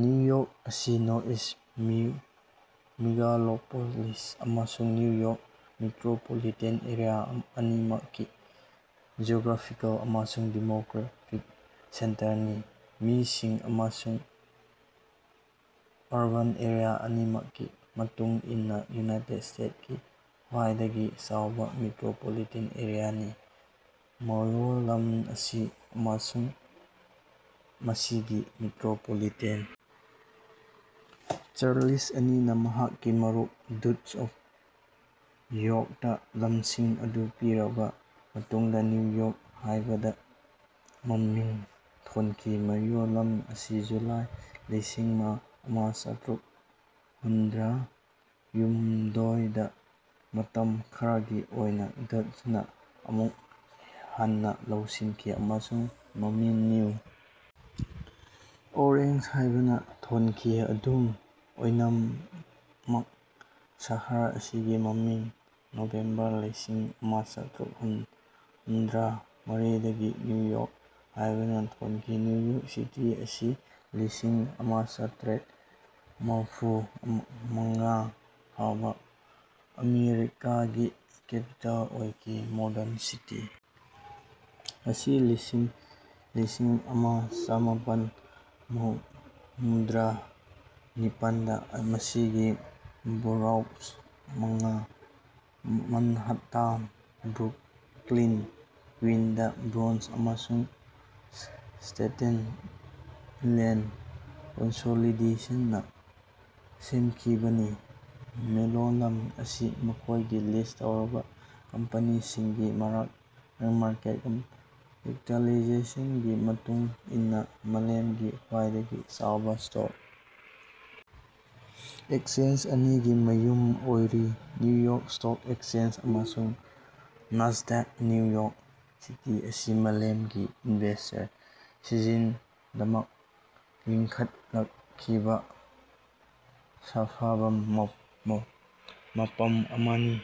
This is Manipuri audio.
ꯅ꯭ꯌꯨ ꯌꯣꯔ꯭ꯛ ꯑꯁꯤ ꯅꯣꯔꯊꯏꯁ꯭ꯠ ꯃꯦꯒꯥꯂꯣꯄꯣꯂꯤꯁ ꯑꯃꯁꯨꯡ ꯅ꯭ꯌꯨ ꯌꯣꯔ꯭ꯛ ꯃꯦꯇ꯭ꯔꯣꯄꯣꯂꯤꯇꯥꯟ ꯑꯦꯔꯤꯌꯥ ꯑꯅꯤꯃꯛꯀꯤ ꯖꯤꯑꯣꯒ꯭ꯔꯥꯐꯤꯀꯦꯜ ꯑꯃꯁꯨꯡ ꯗꯦꯃꯣꯒ꯭ꯔꯥꯐꯤꯛ ꯁꯦꯟꯇꯔꯅꯤ꯫ ꯃꯤꯁꯤꯡ ꯑꯃꯁꯨꯡ ꯑꯔꯕꯥꯟ ꯑꯦꯔꯤꯌꯥ ꯑꯅꯤꯃꯛꯀꯤ ꯃꯇꯨꯡ ꯏꯟꯅꯥ ꯌꯨꯅꯥꯏꯇꯦꯗ ꯁ꯭ꯇꯦꯠꯀꯤ ꯈ꯭ꯋꯥꯏꯗꯒꯤ ꯆꯥꯎꯕꯥ ꯃꯦꯇ꯭ꯔꯣꯄꯣꯂꯤꯇꯥꯟ ꯑꯦꯔꯤꯌꯥꯅꯤ꯫ ꯃꯌꯣꯜꯂꯝ ꯑꯁꯤ ꯑꯃꯁꯨꯡ ꯃꯁꯤꯒꯤ ꯃꯦꯇ꯭ꯔꯣꯄꯣꯂꯤꯇꯥꯟ ꯆꯥꯔꯂꯁ ꯑꯅꯤꯅꯥ ꯃꯍꯥꯛꯀꯤ ꯃꯔꯨꯞ ꯗ꯭ꯌꯨꯛ ꯑꯣꯐ ꯌꯣꯔ꯭ꯛꯇꯥ ꯂꯝꯁꯤꯡ ꯑꯗꯨ ꯄꯤꯔꯕꯥ ꯃꯇꯨꯡꯗꯥ ꯅ꯭ꯌꯨ ꯌꯣꯔ꯭ꯛ ꯍꯥꯏꯅꯥ ꯃꯃꯤꯡ ꯊꯣꯟꯈꯤ꯫ ꯃꯌꯣꯜꯂꯝ ꯑꯁꯤ ꯖꯨꯂꯥꯏ ꯂꯤꯁꯤꯡ ꯑꯃ ꯆꯥꯇ꯭ꯔꯨꯛ ꯍꯨꯝꯗ꯭ꯔꯥꯍꯨꯝꯗꯣꯏꯗ ꯃꯇꯝ ꯈꯔꯒꯤ ꯑꯣꯏꯅꯥ ꯗꯆ꯭ꯁꯅꯥ ꯑꯃꯨꯛ ꯍꯟꯅꯥ ꯂꯧꯁꯤꯟꯈꯤ ꯑꯃꯁꯨꯡ ꯃꯃꯤꯡ ꯅ꯭ꯌꯨ ꯑꯣꯔꯦꯟꯖ ꯍꯥꯏꯅꯥ ꯊꯣꯟꯈꯤ ꯑꯗꯨꯝ ꯑꯣꯏꯅꯃꯛ ꯁꯍꯔ ꯑꯁꯤꯒꯤ ꯃꯃꯤꯡ ꯅꯕꯦꯝꯕꯔ ꯂꯤꯁꯤꯡ ꯑꯃ ꯆꯥꯇ꯭ꯔꯨꯛ ꯍꯨꯝꯗ꯭ꯔꯥ ꯃꯔꯤꯗꯒꯤ ꯅ꯭ꯌꯨ ꯌꯣꯔꯛ ꯍꯥꯏꯅꯥ ꯊꯣꯟꯈꯤ꯫ ꯅ꯭ꯌꯨ ꯌꯣꯔꯛ ꯁꯤꯇꯤ ꯑꯁꯤ ꯂꯤꯁꯤꯡ ꯑꯃ ꯆꯥꯇ꯭ꯔꯦꯠ ꯃꯔꯐꯨ ꯃꯉꯥ ꯐꯥꯎꯕꯥ ꯑꯃꯦꯔꯤꯀꯥꯒꯤ ꯀꯦꯄꯤꯇꯦꯜ ꯑꯣꯏꯈꯤ꯫ ꯃꯣꯗꯔꯟ ꯁꯤꯇꯤ ꯑꯁꯤ ꯂꯤꯁꯤꯡ ꯑꯃ ꯆꯃꯥꯄꯟ ꯃꯧꯗ꯭ꯔꯥ ꯅꯤꯄꯥꯟꯗ ꯃꯁꯤꯒꯤ ꯕꯔꯣ ꯃꯉꯥ Manhattan Brooklyn Queens the Bronx ꯑꯃꯁꯨꯡ ꯁ꯭ꯇꯥꯇꯦꯟ ꯑꯥꯏꯂꯦꯟꯗ ꯀꯟꯁꯣꯂꯤꯗꯦꯁꯟꯅꯥ ꯁꯦꯝꯈꯤꯕꯅꯤ꯫ ꯃꯌꯣꯜꯂꯝ ꯑꯁꯤ ꯃꯈꯣꯏꯒꯤ ꯂꯤꯁ꯭ꯠ ꯇꯧꯔꯕꯥ ꯀꯝꯄꯦꯅꯤꯁꯤꯡꯒꯤ ꯃꯥꯔꯀꯦꯠ ꯀꯦꯄꯤꯇꯦꯂꯥꯏꯖꯦꯁꯟꯒꯤ ꯃꯇꯨꯡ ꯏꯟꯅꯥ ꯃꯥꯂꯦꯝꯒꯤ ꯈ꯭ꯋꯥꯏꯗꯒꯤ ꯆꯥꯎꯕꯥ ꯁ꯭ꯇꯣꯛ ꯑꯦꯛꯆꯦꯟꯖ ꯑꯅꯤꯒꯤ ꯃꯌꯨꯝ ꯑꯣꯏꯔꯤ ꯅ꯭ꯌꯨ ꯌꯣꯔ꯭ꯛ ꯁ꯭ꯇꯣꯛ ꯑꯦꯛꯆꯦꯟꯖ ꯑꯃꯁꯨꯡ ꯅꯥꯁꯗꯥꯛ꯫ ꯅ꯭ꯌꯨ ꯌꯣꯔ꯭ꯛ ꯁꯤꯇꯤ ꯑꯁꯤ ꯃꯥꯂꯦꯝꯒꯤ ꯏꯟꯚꯦꯁꯇꯔꯁꯤꯡꯒꯤꯗꯃꯛꯇꯥ ꯂꯤꯡꯈꯠꯂꯛꯂꯤꯕꯥ ꯁꯥꯐꯕꯥ ꯃꯐꯝ ꯑꯃꯅꯤ꯫